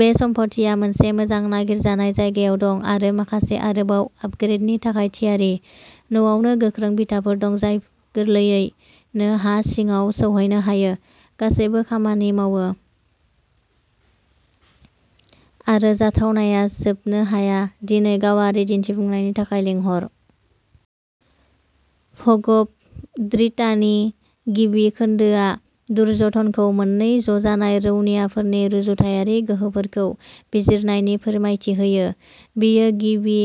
बे सम्फथिया मोनसे मोजां नागिरजानाय जायगायाव दं आरो माखासे आरोबाव आपग्रेडनि थाखाय थियारि। न'आवनो गोख्रों बिथाफोर दं, जाय गोरलैयैनो हा सिङाव सौहैनो हायो। गासैबो खामानि मावो आरो जाथावनाया जोबनो हाया। दिनै गावारि दिन्थिफुंनायनि थाखाय लिंहर। भगबद्गीतानि गिबि खोन्दोआ दुर्योधनखौ मोन्नै ज'जानाय रौनियाफोरनि रुजुथायारि गोहोफोरखौ बिजिरनायनि फोरमायथि होयो। बियो गिबि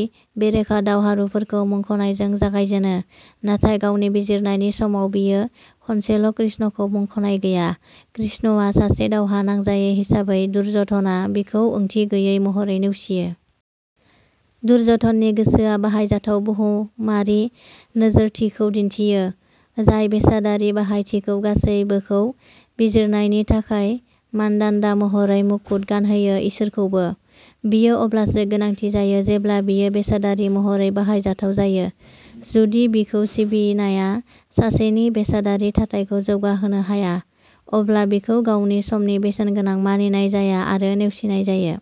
बेरेखा दावहारुफोरखौ मुंख'नायजों जागायजेनो, नाथाय गावनि बिजिरनायनि समाव, बियो खनसेल'कृष्णखौ मुंख'नाय गैया। कृष्णआ सासे दावहा नांजायै हिसाबै, दुर्य'धनआ बिखौ ओंथि गैयै महरै नेवसियो। दुर्य'धननि गोसोआ बाहायजाथाव बुहुमारि नोजोरथिखौ दिन्थियो, जाय बेसादारि बाहायथिखौ गासैबोखौ बिजिरनायनि थाखाय मानदान्दा महरै मुकुट गानहोयो-इसोरखौबो। बियो अब्लासो गोनांथि जायो जेब्ला बियो बेसादारि महरै बाहायजाथाव जायो। जुदि बिखौ सिबिनाया सासेनि बेसादारि थाथायखौ जौगाहोनो हाया, अब्ला बिखौ गावनि समनि बेसेनगोनां मानिनाय जाया आरो नेवसिनाय जायो।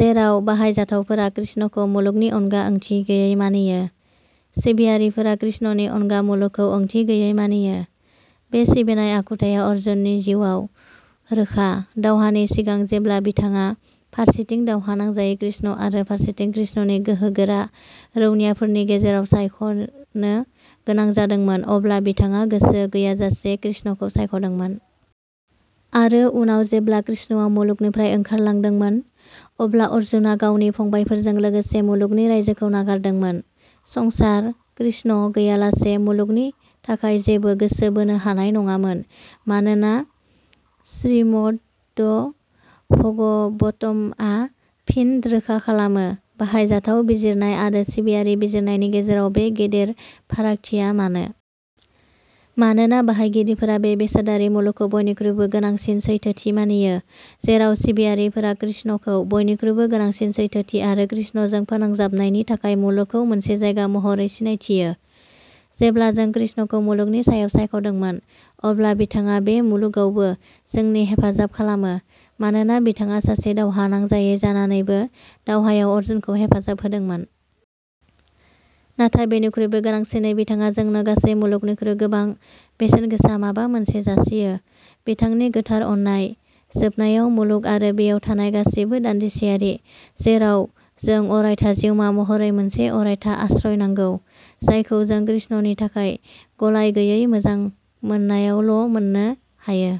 जेराव बाहायजाथावफोरा कृष्णखौ मुलुगनि अनगा ओंथि गैयै मानियो, सिबियारिफोरा कृष्णनि अनगा मुलुगखौ ओंथि गैयै मानियो। बे सिबिनाय आखुथाया अर्जुननि जिउआव रोखा। दावहानि सिगां, जेब्ला बिथाङा फारसेथिं दावहा नांजायै कृष्ण आरो फारसेथिं कृष्णनि गोहो गोरा रौनियाफोरनि गेजेराव सायख'नो गोनां जादोंमोन, अब्ला बिथाङा गोसो गैयाजासे कृष्णखौ सायख'दोंमोन। आरो उनाव जेब्ला कृष्णआ मुलुगनिफ्राय ओंखारलांदोंमोन, अब्ला अर्जुनआ गावनि फंबायफोरजों लोगोसे मुलुगनि रायजोखौ नागारदोंमोन। संसार, कृष्ण गैयालासे मुलुगनि थाखाय जेबो गोसो बोनो हानाय नङामोन, मानोना श्रीमद्भागवतम आ फिन रोखा खालामो। बाहायजाथाव बिजिरनाय आरो सिबियारि बिजिरनायनि गेजेराव बे गिदिर फारागथिया मानो? मानोना बाहायगिरिफोरा बे बेसादारि मुलुगखौ बयनिख्रुइबो गोनांसिन सैथोथि मानियो, जेराव सिबियारिफोरा कृष्णखौ बयनिख्रुइबो गोनांसिन सैथोथि आरो कृष्णजों फोनांजाबनायनि थाखाय मुलुगखौ मोनसे जायगा महरै सिनायथियो। जेब्ला जों कृष्णखौ मुलुगनि सायाव सायख'दोंमोन, अब्ला बिथाङा बे मुलुगावबो जोंनि हेफाजाब खालामो, मानोना बिथाङा सासे दावहा नांजायै जानानैबो दावहायाव अर्जुनखौ हेफाजाब होदोंमोन। नाथाय बेनिख्रुइबो गोनांसिनै बिथाङा जोंनो गासै मुलुगनिख्रुइ गोबां बेसेनगोसा माबा मोनसे जासियो-बिथांनि गोथार अननाय। जोबनायाव, मुलुग आरो बेयाव थानाय गासैबो दानदिसेयारि, जेराव जों अरायथा जिउमा महरै मोनसे अरायथा आश्रय नांगौ, जायखौ जों कृष्णनि थाखाय गलायगैयै मोजां मोननायावल'मोननो हायो।